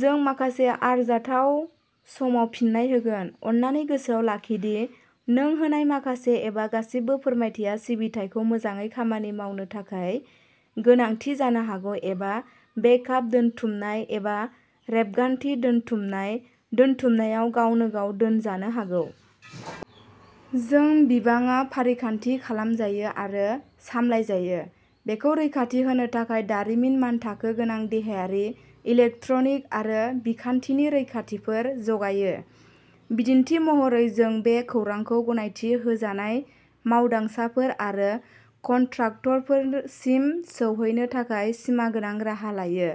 जों मोनसे आरजाथाव समाव फिन्नाय होगोन। अन्नानै गोसोआव लाखि दि नों होनाय माखासे एबा गासिबो फोरमायथिया सिबिथाइखौ मोजाङै खामानि मावनो थाखाय गोनांथि जानो हागौ एबा बेकआप दोनथुमनाय एबा रेबगान्थि दोनथुमनाय, दोनथुमनायाव गावनो-गाव दोनजानो हागौ। जों बिबाङा फारिखान्थि खालामजायो आरो सामलायजायो बेखौ रैखाथि होनो थाखाय दारिमिन मानथाखो गोनां देहायारि, इलेक्ट्रनिक आरो बिखान्थिनि रैखाथिफोर जगायो। बिदिन्थि महरै, जों बे खौरांखौ गनायथि होजानाय मावदांसाफोर आरो कन्ट्राक्टरफोरसिम सौहैनो थाखाय सिमा गोनां राहा लायो,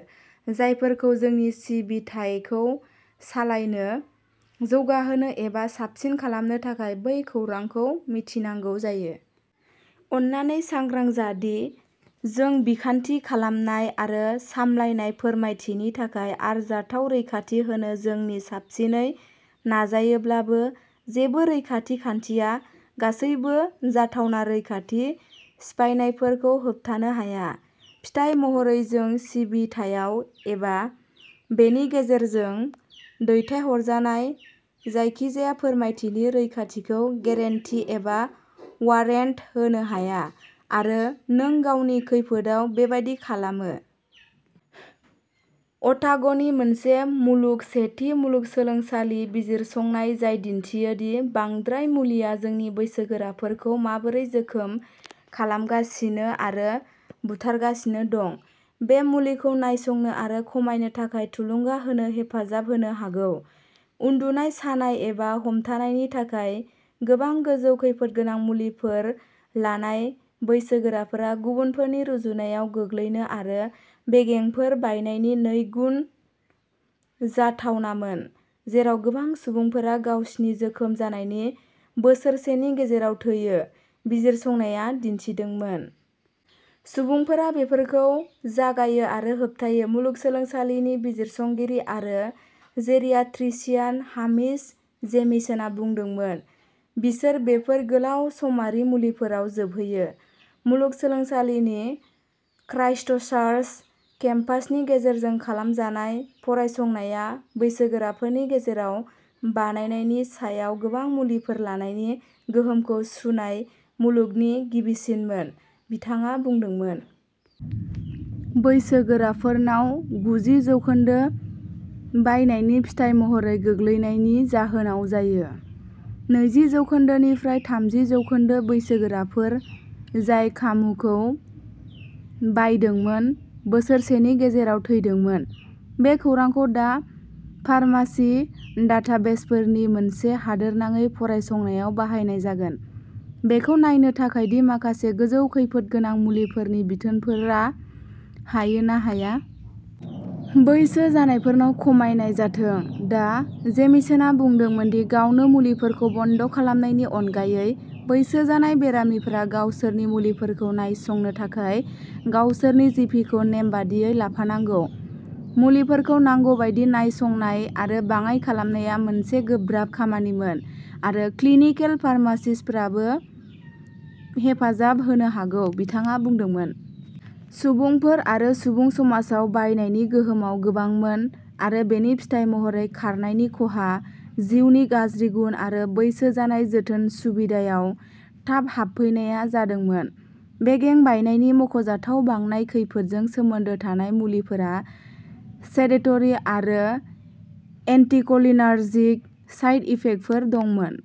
जायफोरखौ जोंनि सिबिथाइखौ सालायनो, जौगाहोनो एबा साबसिन खालामनो थाखाय बै खौरांखौ मिथिनांगौ जायो। अन्नानै सांग्रां जा दि, जों बिखान्थि खालामनाय आरो सामलायनाय फोरमायथिनि थाखाय आरजाथाव रैखाथि होनो जोंनि साबसिनै नाजायोब्लाबो, जेबो रैखाथि खान्थिया गासैबो जाथावना रैखाथि सिफायनायफोरखौ होबथानो हाया। फिथाय महरै जों सिबिथायाव एबा बेनि गेजेरजों दैथायहरजानाय जायखिजाया फोरमायथिनि रैखाथिखौ गेरेन्टि एबा वारेन्ट होनो हाया आरो नों गावनि खैफोदआव बेबादि खालामो। अटाग'नि मोनसे मुलुग सेथि मुलुगसोलोंसालि बिजिरसंनाय, जाय दिन्थियो दि बांद्राय मुलिआ जोंनि बैसोगोराफोरखौ माबोरै जोखोम खालामगासिनो आरो बुथारगासिनो दं, बे मुलिखौ नायसंनो आरो खमायनो थाखाय थुलुंगा होनो हेफाजाब होनो हागौ। उन्दुनाय, सानाय एबा हमथानायनि थाखाय गोबां गोजौ खैफोदगोनां मुलिफोर लानाय बैसोगोराफोरा गुबुनफोरनि रुजुनायाव गोग्लैनो आरो बेगेंफोर बायनायनि नैगुन जाथावनामोन, जेराव गोबां सुबुंफोरा गावसिनि जोखोम जानायनि बोसोरसेनि गेजेराव थैयो, बिजिरसंनाया दिन्थिदोंमोन। सुबुंफोरा बेफोरखौ जागायो आरो होबथायो, मुलुगसोलोंसालिनि बिजिरसंगिरि आरो जेरियाट्रिशियान हामिश जेमिसनआ बुंदोंमोन- "बिसोर बेफोर गोलाव-समारि मुलिफोराव जोबहैयो।" मुलुगसोलोंसालिनि क्राइस्टचार्च केम्पासनि गेजेरजों खालामजानाय फरायसंनाया, बैसोगोराफोरनि गेजेराव बायनायनि सायाव गोबां मुलिफोर लानायनि गोहोमखौ सुनाय मुलुगनि गिबिसिनमोन, बिथाङा बुंदोंमोन। बैसोगोराफोरनाव, गुजि जौखोन्दो बायनायनि फिथाय महरै गोग्लैनायनि जाहोनाव जायो। नैजि जौखोन्दो निफ्राय थामजि जौखोन्दो बैसोगोराफोर जाय खामुखौ बायदोंमोन, बोसोरसेनि गेजेराव थैदोंमोन। बे खौरांखौ दा फार्मासि डाटाबेसफोरनि मोनसे हादोरनाङै फरायसंनायाव बाहायनाय जागोन, बेखौ नायनो थाखाय दि माखासे गोजौ खैफोदगोनां मुलिफोरनि बिथोनफोरा हायो ना हाया। बैसो जानायफोरनाव खमायनाय जाथों। डा. जेमिसनआ बुंदोंमोन दि गावनो मुलिफोरखौ बन्द खालामनायनि अनगायै, बैसो जानाय बेरामिफोरा गावसोरनि मुलिफोरखौ नायसंनो थाखाय गावसोरनि जि. पि. खौ नेमबादियै लाफानांगौ। मुलिफोरखौ नांगौ बायदि नायसंनाय आरो बाङाइ खालामनाया मोनसे "गोब्राब" खामानिमोन आरो क्लिनिकेल फार्मासिस्टफोराबो हेफाजाब होनो हागौ, बिथाङा बुंदोंमोन। सुबुंफोर आरो सुबुं समाजाव बायनायनि गोहोमआ गोबांमोन आरो बेनि फिथाय महरै खारनायनि खहा, जिउनि गाज्रि गुन, आरो बैसो जानाय जोथोन सुबिदायाव थाब हाबफैनाया जादोंमोन। बेगें बायनायनि मख'जाथाव बांनाय खैफोदजों सोमोन्दो थानाय मुलिफोरा "सेडेटरि" आरो "एन्टिकलिनार्जिक" साइड इफेक्टफोर दंमोन।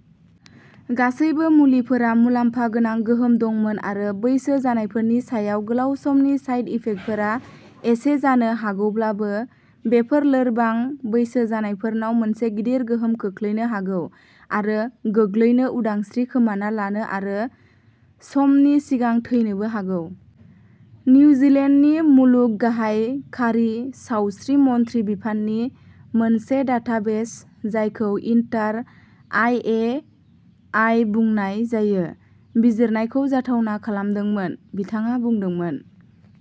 गासैबो मुलिफोरा "मुलाम्फा गोनां गोहोम" दंमोन आरो बैसो जानायफोरनि सायाव गोलाव समनि साइड इफेक्टफोरा एसे जानो हागौब्लाबो, बेफोर "लोरबां बैसो जानायफोरनाव मोनसे गिदिर गोहोम खोख्लैनो हागौ आरो गोग्लैनो, उदांस्रि खोमाना लानो आरो समनि सिगां थैनोबो हागौ।" निउजिलेन्डनि मुलुग गाहाय खारि, सावस्रि मन्थ्रि बिफाननि मोनसे डाटाबेस जायखौ इन्टार आर ए आइ बुंनाय जायो, बिजिरनायखौ जाथावना खालामदोंमोन, बिथाङा बुंदोंमोन।